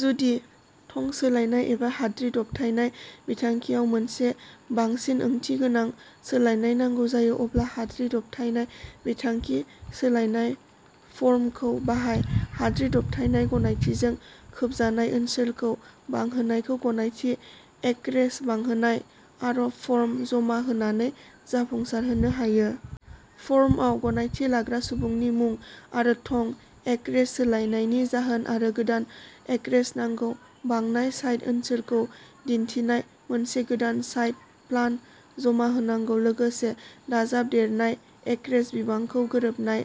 जुदि थं सोलायनाय एबा हाद्रि दबथायनाय बिथांखियाव मोनसे बांसिन ओंथिगोनां सोलायनाय नांगौ जायो अब्ला हाद्रि दबथायनाय बिथांखि सोलायनाय फर्मखौ बाहाय। हाद्रि दबथायनाय गनायथिजों खोबजानाय ओनसोलखौ बांहोनायखौ गनायथि एक्रेज बांहोनाय आर'ज फर्म जमा होनानै जाफुंसारहोनो हायो। फर्मआव गनायथि लाग्रा सुबुंनि मुं आरो थं, एक्रेज सोलायनायनि जाहोन आरो गोदान एक्रेज नांगौ। बांनाय साइट ओनसोलखौ दिन्थिनाय मोनसे गोदान साइट प्लान जमा होनांगौ लोगोसे दाजाबदेरनाय एक्रेज बिबांजों गोरोबनाय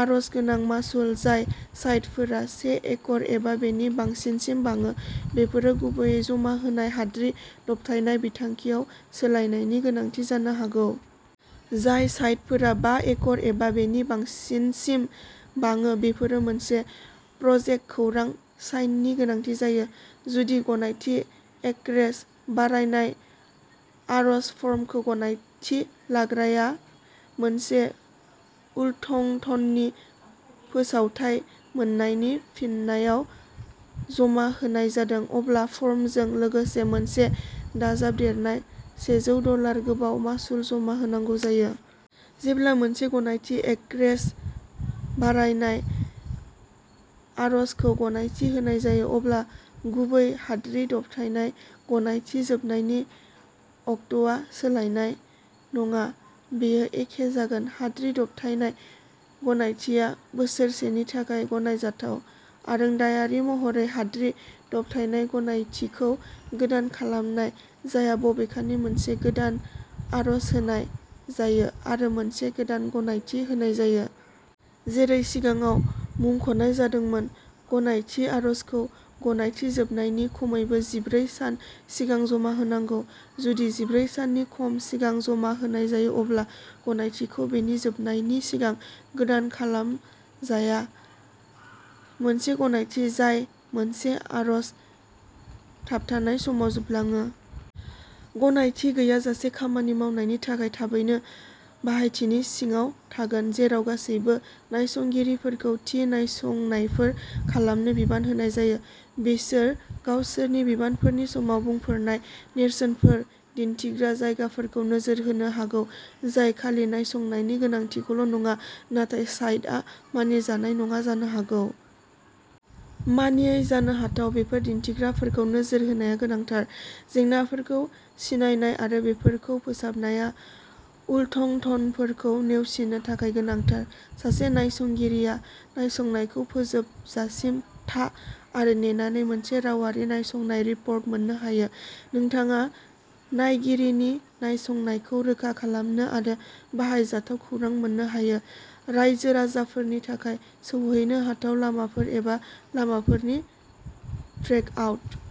आर'ज गोनां मासुल। जाय साइटफोरा से एकर एबा बेनि बांसिनसिम बाङो बेफोरो गुबैयै जमा होनाय हाद्रि दबथायनाय बिथांखियाव सोलायनायनि गोनांथि जानो हागौ। जाय साइटफोरा बा एकर एबा बेनि बांसिनसिम बाङो बेफोरो मोनसे प्रजेक्ट खौरां साइननि गोनांथि जायो। जुदि गनायथि एकरेज बारायनाय आर'ज फर्मखौ गनायथि लाग्राया मोनसे उल्लंधननि फोसावथाय मोननायनि फिननायाव जमा होनाय जादों अब्ला फर्मजों लोगोसे मोनसे दाजाबदेरनाय सेजौ डलार गोबाव मासुल जमा होनांगौ जायो। जेब्ला मोनसे गनायथि एकरेज बारायनाय आर'जखौ गनायथि होनाय जायो अब्ला गुबै हाद्रि दबथायनाय गनायथि जोबनायनि अक्ट'आ सोलायनाय नङा बेयो एखे जागोन। हाद्रि दबथायनाय गनायथिआ बोसोरसेनि थाखाय गनायजाथाव। आरोंदायारि महरै, हाद्रि दबथायनाय गनायथिखौ गोदान खालामनाय जाया बबेखानि मोनसे गोदान आर'ज होनाय जायो आरो मोनसे गोदान गनायथि होनाय जायो। जेरै सिगाङाव मुंख'नाय जादोंमोन गनायथि आर'जखौ गनायथि जोबनायनि खमैबो जिब्रै सान सिगां जमा होनांगौ। जुदि जिब्रै साननि खम सिगां जमा होनाय जायो अब्ला गनायथिखौ बेनि जोबनायनि सिगां गोदान खालामजाया। मोनसे गनायथि जाय मोनसे आर'ज थाबथानाय समाव जोबलाङो। गनायथि गैयाजासे खामानि मावनायनि थाखाय थाबैनो बाहायथिनि सिङाव थागोन। जेराव गासैबो नायसंगिरिफोरखौ थि नायसंनायफोर खालामनो बिबान होनाय जायो, बिसोर गावसोरनि बिबानफोरनि समाव "बुंफोरनाय" नेरसोनफोर दिन्थिग्रा जायगाफोरखौ नोजोर होनो हागौ जाय खालि नायसंनायनि गोनांथिखौल' नङा नाथाय साइटआ मानिजानाय नङा जानो हागौ। मानियै जानो हाथाव बेफोर दिन्थिग्राफोरखौ नोजोर होनाया गोनांथार। जेंनाफोरखौ सिनायनाय आरो बेफोरखौ फोसाबनाया उल्लंधनफोरखौ नेवसिनो थाखाय गोनांथार। सासे नायसंगिरिआ नायसंनायखौ फोजोबजासिम था आरो नेनानै मोनसे रावारि नायसंनाय रिपर्ट मोन्नो हायो। नोंथाङा नायगिरिनि नायसंनायखौ रोखा खालामनो आरो बाहायजाथाव खौरां मोन्नो हायो। रायजो-राजाफोरनि थाखाय सौहैनो हाथाव लामाफोर एबा लामाफोरनि ट्रेकआउट।